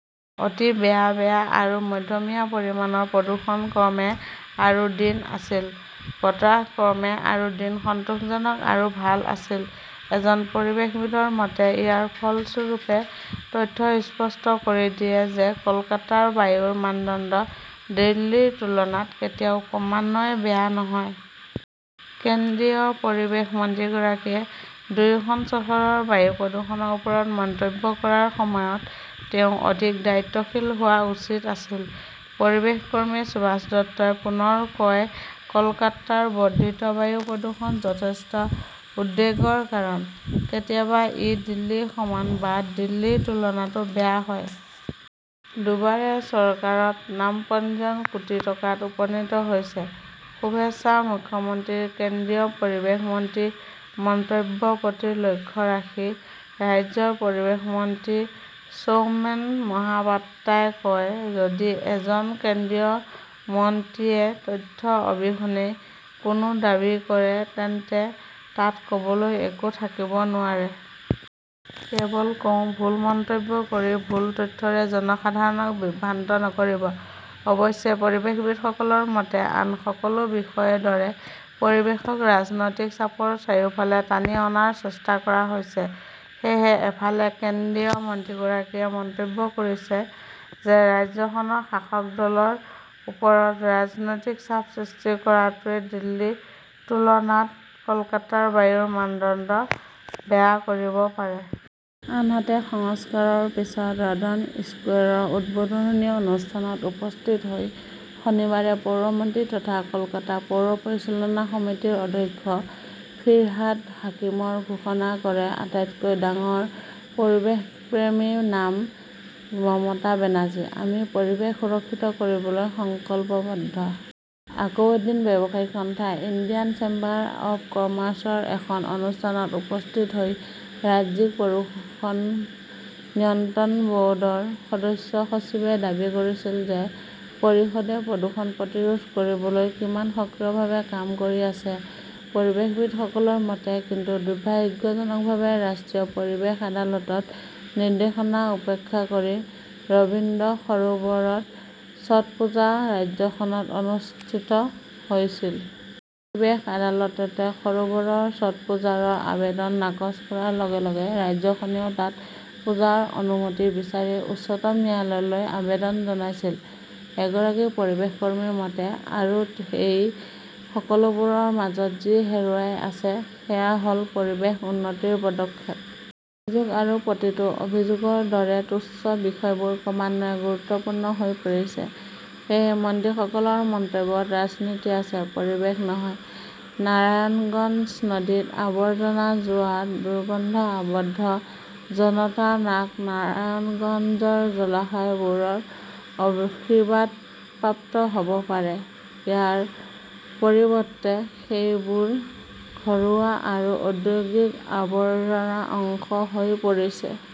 অতি বেয়া-বেয়া আৰু মধ্যমীয়া পৰিমাণৰ প্ৰদূষণ ক্ৰমে আৰু দিন আছিল। বতাহ ক্ৰমে আৰু দিন সন্তোষজনক আৰু ভাল আছিল। এজন পৰিৱেশবিদৰ মতে, ইয়াৰ ফলস্বৰূপে তথ্যই স্পষ্ট কৰি দিয়ে যে কলকাতাৰ বায়ুৰ মানদণ্ড দিল্লীৰ তুলনাত কেতিয়াও ক্ৰমান্বয়ে বেয়া নহয়। কেন্দ্ৰীয় পৰিৱেশ মন্ত্ৰীগৰাকীয়ে দুয়োখন চহৰৰ বায়ু প্ৰদূষণৰ ওপৰত মন্তব্য কৰাৰ সময়ত তেওঁ অধিক দায়িত্বশীল হোৱা উচিত আছিল। পৰিৱেশ কৰ্মী সুভাষ দত্তই পুনৰ কয় কলকাতাৰ বৰ্ধিত বায়ু প্ৰদূষণ যথেষ্ট উদ্বেগৰ কাৰণ। কেতিয়াবা ই দিল্লীৰ সমান বা দিল্লীৰ তুলনাতো বেয়া হয়। দুৱাৰে চৰকাৰত নাম পঞ্জীয়ন কোটি টকাত উপনীত হৈছে, শুভেচ্ছা মুখ্যমন্ত্ৰীৰ কেন্দ্ৰীয় পৰিৱেশ মন্ত্ৰীৰ মন্তব্যৰ প্ৰতি লক্ষ্য ৰাখি ৰাজ্যৰ পৰিৱেশ মন্ত্ৰী সৌমেন মহাপাত্ৰাই কয় যদি এজন কেন্দ্ৰীয় মন্ত্ৰীয়ে তথ্য অবিহনে কোনো দাবী কৰে তেন্তে তাত ক'বলৈ একো থাকিব নোৱাৰে। কেৱল কওঁ ভুল মন্তব্য কৰি ভুল তথ্যৰে জনসাধাৰণক বিভ্ৰান্ত নকৰিব। অৱশ্যে পৰিৱেশবিদসকলৰ মতে, আন সকলো বিষয়ৰ দৰে পৰিৱেশক ৰাজনৈতিক চাপৰ চাৰিওফালে টানি অনাৰ চেষ্টা কৰা হৈছে। সেয়েহে, এফালে কেন্দ্ৰীয় মন্ত্ৰীগৰাকীয়ে মন্তব্য কৰিছে যে ৰাজ্যখনৰ শাসক দলৰ ওপৰত ৰাজনৈতিক চাপ সৃষ্টি কৰাটোৱে দিল্লীৰ তুলনাত কলকাতাৰ বায়ুৰ মানদণ্ড বেয়া কৰিব পাৰে। আনহাতে, সংস্কাৰৰ পিছত ৰডন স্কোৱেৰৰ উদ্বোধনী অনুষ্ঠানত উপস্থিত হৈ শনিবাৰে পৌৰ মন্ত্ৰী তথা কলকাতা পৌৰ পৰিচালনা সমিতিৰ অধ্যক্ষ ফিৰহাদ হাকিমই ঘোষণা কৰে আটাইতকৈ ডাঙৰ পৰিৱেশপ্ৰেমীৰ নাম মমতা বেনাৰ্জী। আমি পৰিৱেশ সুৰক্ষিত কৰিবলৈ সংকল্পবদ্ধ। আকৌ এদিন ব্যৱসায়িক সংস্থা ইণ্ডিয়ান চেম্বাৰ অৱ কমাৰ্চৰ এখন অনুষ্ঠানত উপস্থিত হৈ ৰাজ্যিক প্ৰদূষণ নিয়ন্ত্ৰণ বৰ্ডৰ সদস্য-সচিবে দাবী কৰিছিল যে পৰিষদে প্ৰদূষণ প্ৰতিৰোধ কৰিবলৈ কিমান সক্ৰিয়ভাৱে কাম কৰি আছে। পৰিৱেশবিদসকলৰ মতে, কিন্তু দুৰ্ভাগ্যজনকভাৱে ৰাষ্ট্ৰীয় পৰিৱেশ আদালতৰ নিৰ্দেশক উপেক্ষা কৰি ৰবীন্দ্ৰ সৰোবৰত ছটপুজা ৰাজ্যখনত অনুষ্ঠিত হৈছিল। পৰিৱেশ আদালতে সৰোবৰত ছটপুজাৰ আবেদন নাকচ কৰাৰ লগে -লগে ৰাজ্যখনেও তাত পূজাৰ অনুমতি বিচাৰি উচ্চতম ন্যায়ালয়লৈ আবেদন জনাইছিল। এগৰাকী পৰিৱেশ কৰ্মীৰ মতে, আৰু এই সকলোবোৰৰ মাজত যি হেৰুৱাই আছে সেয়া হ'ল পৰিৱেশৰ উন্নতিৰ পদক্ষেপ। অভিযোগ আৰু প্ৰতিটো অভিযোগৰ দৰে তুচ্ছ বিষয়বোৰ ক্ৰমান্বয়ে গুৰুত্বপূৰ্ণ হৈ পৰিছে। সেয়েহে মন্ত্ৰীসকলৰ মন্তব্যত ৰাজনীতি আছে, পৰিৱেশ নহয়। নাৰায়ণগঞ্জ নদীত আবৰ্জনাৰ জোৱাৰ, দুৰ্গন্ধত আবদ্ধ জনতাৰ নাক নাৰায়ণগঞ্জৰ জলাশয়বোৰৰ আশীৰ্বাদপ্ৰাপ্ত হ'ব পাৰে। ইয়াৰ পৰিৱৰ্তে সেইবোৰ ঘৰুৱা আৰু ঔদ্যোগিক আৱৰ্জনাৰ অংশ হৈ পৰিছে।